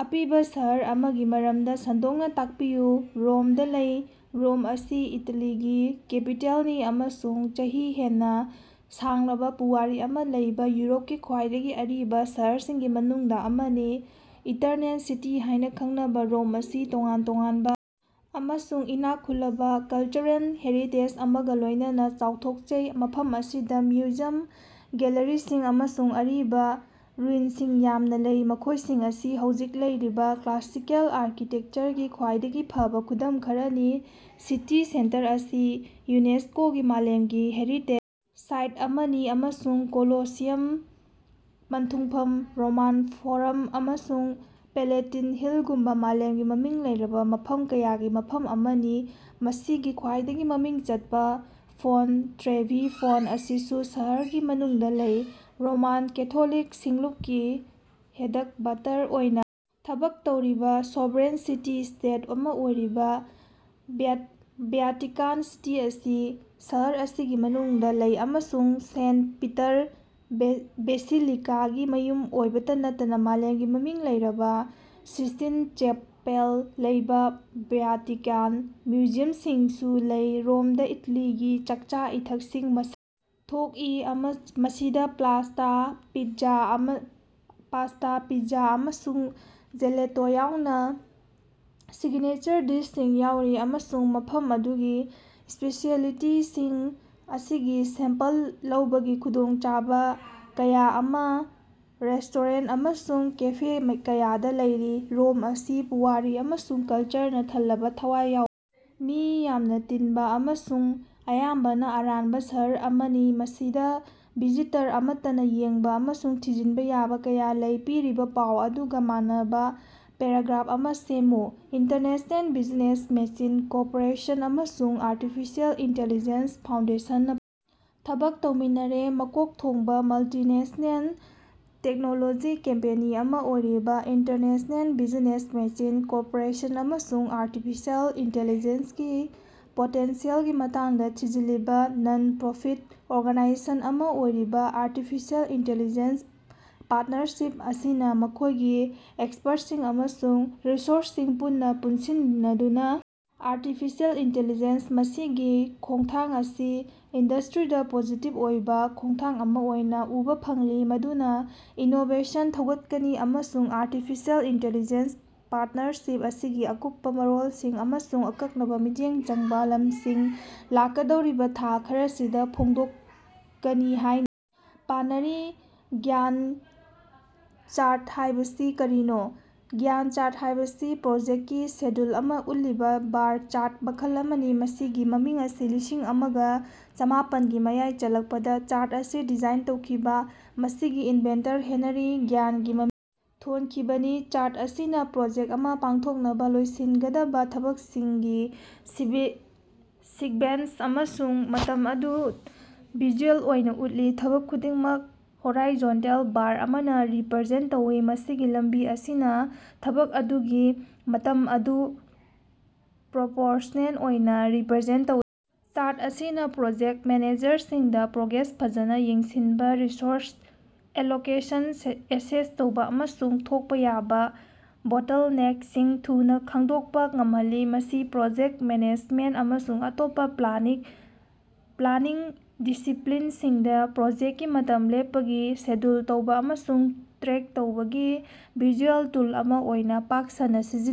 ꯑꯄꯤꯕ ꯁꯍꯔ ꯑꯃꯒꯤ ꯃꯔꯝꯗ ꯁꯟꯗꯣꯛꯅ ꯇꯥꯛꯄꯤꯌꯨ꯫ ꯔꯣꯝꯗ ꯂꯩ꯫ ꯔꯣꯝ ꯑꯁꯤ ꯏꯇꯥꯂꯤꯒꯤ ꯀꯦꯄꯤꯇꯦꯜꯅꯤ ꯑꯃꯁꯨꯡ ꯆꯍꯤ ꯍꯦꯟꯅ ꯁꯥꯡꯂꯕ ꯄꯨꯋꯥꯔꯤ ꯑꯃ ꯂꯩꯕ ꯌꯨꯔꯣꯞꯀꯤ ꯈ꯭ꯋꯥꯏꯗꯒꯤ ꯑꯔꯤꯕ ꯁꯍꯔꯁꯤꯡꯒꯤ ꯃꯅꯨꯡꯗ ꯑꯃꯅꯤ꯫ ꯏꯇꯔꯅꯦꯜ ꯁꯤꯇꯤ ꯍꯥꯏꯅ ꯈꯪꯅꯕ ꯔꯣꯝ ꯑꯁꯤ ꯇꯣꯉꯥꯟ ꯇꯣꯉꯥꯟꯕ ꯑꯃꯁꯨꯡ ꯏꯅꯥꯛ ꯈꯨꯜꯂꯕ ꯀꯜꯆꯔꯦꯜ ꯍꯦꯔꯤꯇꯦꯖ ꯑꯃꯒ ꯂꯣꯏꯅꯅ ꯆꯥꯎꯊꯣꯛꯆꯩ, ꯃꯐꯝ ꯑꯁꯤꯗ ꯃ꯭ꯌꯨꯖꯤꯌꯝ, ꯒꯦꯜꯂꯔꯤꯁꯤꯡ, ꯑꯃꯁꯨꯡ ꯑꯔꯤꯕ ꯔꯨꯏꯟꯁꯤꯡ ꯌꯥꯝꯅ ꯂꯩ, ꯃꯈꯣꯏꯁꯤꯡ ꯑꯁꯤ ꯍꯧꯖꯤꯛ ꯂꯩꯔꯤꯕ ꯀ꯭ꯂꯥꯁꯤꯀꯦꯜ ꯑꯥꯔꯀꯤꯇꯦꯛꯆꯔꯒꯤ ꯈ꯭ꯋꯥꯏꯗꯒꯤ ꯐꯕ ꯈꯨꯗꯝ ꯈꯔꯅꯤ꯫ ꯁꯤꯇꯤ ꯁꯦꯟꯇꯔ ꯑꯁꯤ ꯌꯨꯅꯦꯁ꯭ꯀꯣꯒꯤ ꯃꯥꯂꯦꯝꯒꯤ ꯍꯦꯔꯤꯇꯦꯖ ꯁꯥꯏꯠ ꯑꯃꯅꯤ ꯑꯃꯁꯨꯡ ꯀꯣꯂꯣꯁꯤꯌꯝ, ꯄꯟꯊꯨꯡꯐꯝ, ꯔꯣꯃꯥꯟ ꯐꯣꯔꯝ ꯑꯃꯁꯨꯡ ꯄꯦꯂꯦꯇꯤꯟ ꯍꯤꯜꯒꯨꯝꯕ ꯃꯥꯂꯦꯝꯒꯤ ꯃꯃꯤꯡ ꯂꯩꯔꯕ ꯃꯐꯝ ꯀꯌꯥꯒꯤ ꯃꯐꯝ ꯑꯃꯅꯤ꯫ ꯃꯁꯤꯒꯤ ꯈ꯭ꯋꯥꯏꯗꯒꯤ ꯃꯃꯤꯡ ꯆꯠꯄ ꯐꯣꯟꯠ ꯇ꯭ꯔꯦꯚꯤ ꯐꯣꯟꯠ ꯑꯁꯤꯁꯨ ꯁꯍꯔꯒꯤ ꯃꯅꯨꯡꯗ ꯂꯩ꯫ ꯔꯣꯃꯥꯟ ꯀꯦꯊꯣꯂꯤꯛ ꯁꯤꯡꯂꯨꯞꯀꯤ ꯍꯦꯗꯛꯕꯥꯇꯔ ꯑꯣꯏꯅ ꯊꯕꯛ ꯇꯧꯔꯤꯕ ꯁꯣꯚꯔꯦꯟ ꯁꯤꯇꯤ-ꯁ꯭ꯇꯦꯠ ꯑꯃ ꯑꯣꯏꯔꯤꯕ ꯚ꯭ꯌꯥꯇꯤꯀꯥꯟ ꯁꯤꯇꯤ ꯑꯁꯤ ꯁꯍꯔ ꯑꯁꯤꯒꯤ ꯃꯅꯨꯡꯗ ꯂꯩ ꯑꯃꯁꯨꯡ ꯁꯦꯟꯠ ꯄꯤꯇꯔ ꯕꯦꯁꯤꯂꯤꯀꯥꯒꯤ ꯃꯌꯨꯝ ꯑꯣꯏꯕꯇ ꯅꯠꯇꯅ ꯃꯥꯂꯦꯝꯒꯤ ꯃꯃꯤꯡ ꯂꯩꯔꯕ ꯁꯤꯁ꯭ꯇꯤꯟ ꯆꯦꯄꯦꯜ ꯂꯩꯕ ꯚ꯭ꯌꯥꯇꯤꯀꯥꯟ ꯃ꯭ꯌꯨꯖꯤꯌꯝꯁꯤꯡꯁꯨ ꯂꯩ꯫ ꯔꯣꯝꯗ ꯏꯇꯥꯂꯤꯒꯤ ꯆꯥꯛꯆꯥ-ꯏꯊꯛꯁꯤꯡ ꯃꯁꯛ ꯊꯣꯛꯏ, ꯃꯁꯤꯗ ꯄꯥꯁ꯭ꯇꯥ, ꯄꯤꯠꯖꯥ ꯑꯃꯁꯨꯡ ꯖꯦꯂꯦꯇꯣ ꯌꯥꯎꯅ ꯁꯤꯒꯅꯦꯆꯔ ꯗꯤꯁꯁꯤꯡ ꯌꯥꯎꯔꯤ, ꯑꯃꯁꯨꯡ ꯃꯐꯝ ꯑꯗꯨꯒꯤ ꯁ꯭ꯄꯦꯁꯤꯑꯦꯂꯤꯇꯤꯁꯤꯡ ꯑꯁꯤꯒꯤ ꯁꯦꯝꯄꯜ ꯂꯧꯕꯒꯤ ꯈꯨꯗꯣꯡꯆꯥꯕ ꯀꯌꯥ ꯑꯃ ꯔꯦꯁ꯭ꯇꯣꯔꯦꯟ ꯑꯃꯁꯨꯡ ꯀꯦꯐꯦ ꯀꯌꯥꯗ ꯂꯩꯔꯤ꯫ ꯔꯣꯝ ꯑꯁꯤ ꯄꯨꯋꯥꯔꯤ ꯑꯃꯁꯨꯡ ꯀꯜꯆꯔꯅ ꯊꯜꯂꯕ ꯊꯋꯥꯏ ꯌꯥꯎ, ꯃꯤ ꯌꯥꯝꯅ ꯇꯤꯟꯕ ꯑꯃꯁꯨꯡ ꯑꯌꯥꯝꯕꯅ ꯑꯔꯥꯟꯕ ꯁꯍꯔ ꯑꯃꯅꯤ, ꯃꯁꯤꯗ ꯚꯤꯖꯤꯇꯔ ꯑꯃꯠꯇꯅ ꯌꯦꯡꯕꯥ ꯑꯃꯁꯨꯡ ꯊꯤꯖꯤꯟꯕ ꯌꯥꯕ ꯀꯌꯥ ꯂꯩ꯫ ꯄꯤꯔꯤꯕ ꯄꯥꯎ ꯑꯗꯨꯒ ꯃꯥꯟꯅꯕ ꯄꯦꯔꯥꯒ꯭ꯔꯥꯐ ꯑꯃꯥ ꯁꯦꯝꯃꯨ꯫ ꯏꯟꯇꯔꯅ‌ꯦꯁꯅ‌ꯦꯜ ꯕꯤꯖꯤꯅ‌ꯦꯁ ꯃ‌ꯦꯁꯤꯟ ꯀ‌ꯣꯔꯄ‌ꯣꯔ‌ꯦꯁꯟ ꯑꯃꯁꯨꯡ ꯑꯥꯔꯇꯤꯐꯤꯁꯤꯑꯦꯜ ꯏꯟꯇꯤꯂꯤꯖ‌ꯦꯟꯁ ꯐꯥꯎꯟꯗꯦꯁꯟꯅ ꯊꯕꯛ ꯇꯧꯃꯤꯟꯅꯔꯦ꯫ ꯃꯀꯣꯛ ꯊꯣꯡꯕ ꯃꯜꯇꯤꯅꯦꯁ꯭ꯅꯦꯜ ꯇꯦꯛꯅꯣꯂꯣꯖꯤ ꯀꯝꯄꯦꯅꯤ ꯑꯃꯥ ꯑꯣꯏꯔꯤꯕ ꯏꯟꯇꯔꯅ‌ꯦꯁꯅ‌ꯦꯜ ꯕꯤꯖꯤꯅ‌ꯦꯁ ꯃ‌ꯦꯁꯤꯟ ꯀ‌ꯣꯔꯄ‌ꯣꯔ‌ꯦꯁꯟ ꯑꯃꯁꯨꯡ ꯑꯥꯔꯇꯤꯐꯤꯁꯤꯑꯦꯜ ꯏꯟꯇꯤꯂꯤꯖꯦꯟꯁꯀꯤ ꯄꯣꯇꯦꯟꯁꯤꯌꯦꯜꯒꯤ ꯃꯇꯥꯡꯗ ꯊꯤꯖꯤꯜꯂꯤꯕ ꯅꯟ-ꯄ꯭ꯔꯣꯐꯤꯠ ꯑꯣꯔꯒꯅꯥꯏꯖꯦꯁꯟ ꯑꯃꯥ ꯑꯣꯏꯔꯤꯕ ꯑꯥꯔꯇꯤꯐꯤꯁꯤꯑꯦꯜ ꯏꯟꯇꯤꯂꯤꯖꯦꯟꯁ ꯄꯥꯔ꯭ꯠꯅꯔꯁꯤꯞ ꯑꯁꯤꯅ ꯃꯈꯣꯏꯒꯤ ꯑꯦꯛꯁꯄꯔꯠꯁꯤꯡ ꯑꯃꯁꯨꯡ ꯔꯤꯁꯣꯔꯁꯁꯤꯡ ꯄꯨꯟꯅ ꯄꯨꯟꯁꯤꯟꯅꯗꯨꯅ ꯑꯥꯔꯇꯤꯐꯤꯁꯤꯑꯦꯜ ꯏꯟꯇꯤꯂꯤꯖꯦꯟꯁ ꯃꯁꯤꯒꯤ ꯈꯣꯉꯊꯥꯡ ꯑꯁꯤ ꯏꯟꯗꯁꯇ꯭ꯔꯤꯗ ꯄꯣꯖꯤꯇꯤꯕ ꯑꯣꯏꯕ ꯈꯣꯡꯊꯥꯡ ꯑꯃ ꯑꯣꯏꯅ ꯎꯕ ꯐꯪꯂꯤ ꯃꯗꯨꯅ ꯏꯅꯣꯕꯦꯁꯟ ꯊꯧꯒꯠꯀꯅꯤ ꯑꯃꯁꯨꯡ ꯑꯥꯔꯇꯤꯐꯤꯁꯤꯑꯦꯜ ꯏꯟꯇꯤꯂꯤꯖꯦꯟꯁ ꯄꯥꯔꯇꯅꯔꯁꯤꯞ ꯑꯁꯤꯒꯤ ꯑꯀꯨꯞꯄꯥ ꯃꯔꯣꯜꯁꯤꯡ ꯑꯃꯁꯨꯡ ꯑꯀꯛꯅꯕ ꯃꯤꯠꯌꯦꯡ ꯆꯪꯕ ꯂꯝꯁꯤꯡ ꯂꯥꯛꯀꯗꯧꯔꯤꯕ ꯊꯥ ꯈꯔꯁꯤꯗ ꯐꯣꯡꯗꯣꯛꯀꯅꯤ ꯍꯥꯏꯅ ꯄꯥꯅꯔꯤ꯫ ꯒ꯭ꯌꯥꯟꯇ ꯆꯥꯔꯠ ꯍꯥꯏꯕꯁꯤ ꯀꯔꯤꯅꯣ꯫ ꯒ꯭ꯌꯥꯟꯠ ꯆꯥꯔꯠ ꯍꯥꯏꯕꯁꯤ ꯄ꯭ꯔꯣꯖꯦꯛꯀꯤ ꯁꯦꯗ꯭ꯌꯨꯜ ꯑꯃꯥ ꯎꯠꯂꯤꯕ ꯕꯥꯔ ꯆꯥꯔꯠ ꯃꯈꯜ ꯑꯃꯅꯤ꯫ ꯃꯁꯤꯒꯤ ꯃꯃꯤꯡ ꯑꯁꯤ ꯂꯤꯁꯤꯡ ꯑꯃꯒ ꯆꯃꯥꯄꯟꯒꯤ ꯃꯌꯥꯏ ꯆꯜꯂꯛꯄꯗ ꯆꯥꯔꯠ ꯑꯁꯤ ꯗꯤꯖꯥꯏꯟ ꯇꯧꯈꯤꯕ ꯃꯁꯤꯒꯤ ꯏꯟꯚꯦꯟꯇꯔ ꯍꯦꯅꯔꯤ ꯒ꯭ꯌꯥꯟꯀꯤ ꯃꯃꯤꯡ ꯊꯣꯟꯈꯤꯕꯅꯤ꯫ ꯆꯥꯔꯠ ꯑꯁꯤꯅ ꯄ꯭ꯔꯣꯖꯦꯛ ꯑꯃ ꯄꯥꯡꯊꯣꯛꯅꯕ ꯂꯣꯏꯁꯤꯟꯒꯗꯕ ꯊꯕꯛꯁꯤꯡꯒꯤ ꯁꯤꯛꯕꯦꯟꯁ ꯑꯃꯁꯨꯡ ꯃꯇꯝ ꯑꯗꯨ ꯚꯤꯖꯨꯑꯦꯜ ꯑꯣꯏꯅ ꯎꯠꯂꯤ꯫ ꯊꯕꯛ ꯈꯨꯗꯤꯡꯃꯛ ꯍꯣꯔꯥꯏꯖꯣꯟꯇꯦꯜ ꯕꯥꯔ ꯑꯃꯅ ꯔꯤꯞꯔꯖꯦꯟ ꯇꯧꯏ, ꯃꯁꯤꯒꯤ ꯂꯝꯕꯤ ꯑꯁꯤꯅ ꯊꯕꯛ ꯑꯗꯨꯒꯤ ꯃꯇꯝ ꯑꯗꯨ ꯄ꯭ꯔꯣꯄꯣꯔꯁꯅꯦꯜ ꯑꯣꯏꯅ ꯔꯤꯄꯔꯖꯦꯟ ꯇꯧꯏ꯫ ꯆꯥꯔꯠ ꯑꯁꯤꯅ ꯄ꯭ꯔꯣꯖꯦꯛꯇ ꯃꯦꯅꯦꯖꯔꯁꯤꯡꯗ ꯄ꯭ꯔꯣꯒ꯭ꯔꯦꯁ ꯐꯖꯅ ꯌꯦꯡꯁꯤꯟꯕ, ꯔꯤꯁꯣꯔꯁ ꯑꯦꯂꯣꯀꯦꯁꯟ ꯑꯦꯁꯦꯁ ꯇꯧꯕ ꯑꯃꯁꯨꯡ ꯊꯣꯛꯄ ꯌꯥꯕꯥ ꯕꯣꯇꯜꯅꯦꯛꯁꯤꯡ ꯊꯨꯅ ꯈꯪꯗꯣꯛꯄ ꯉꯝꯍꯜꯂꯤ꯫ ꯃꯁꯤ ꯄ꯭ꯔꯣꯖꯦꯛꯇ ꯃꯦꯅꯦꯖꯃꯦꯟꯇ ꯑꯃꯁꯨꯡ ꯑꯇꯣꯞꯄ ꯄ꯭ꯂꯥꯅꯤꯡ ꯗꯤꯁꯤꯄꯂꯤꯟꯁꯤꯡꯗ ꯄ꯭ꯔꯣꯖꯦꯛꯇꯀꯤ ꯃꯇꯝ ꯂꯦꯞꯄꯒꯤ ꯁꯦꯗ꯭ꯌꯨꯜ ꯇꯧꯕ ꯑꯃꯁꯨꯡ ꯇ꯭ꯔꯦꯛ ꯇꯧꯕꯒꯤ ꯚꯤꯖꯨꯑꯦꯜ ꯇꯨꯜ ꯑꯃ ꯑꯣꯏꯅꯥ ꯄꯥꯛ ꯁꯟꯅꯥ ꯁꯤꯖꯤꯟꯅꯩ꯫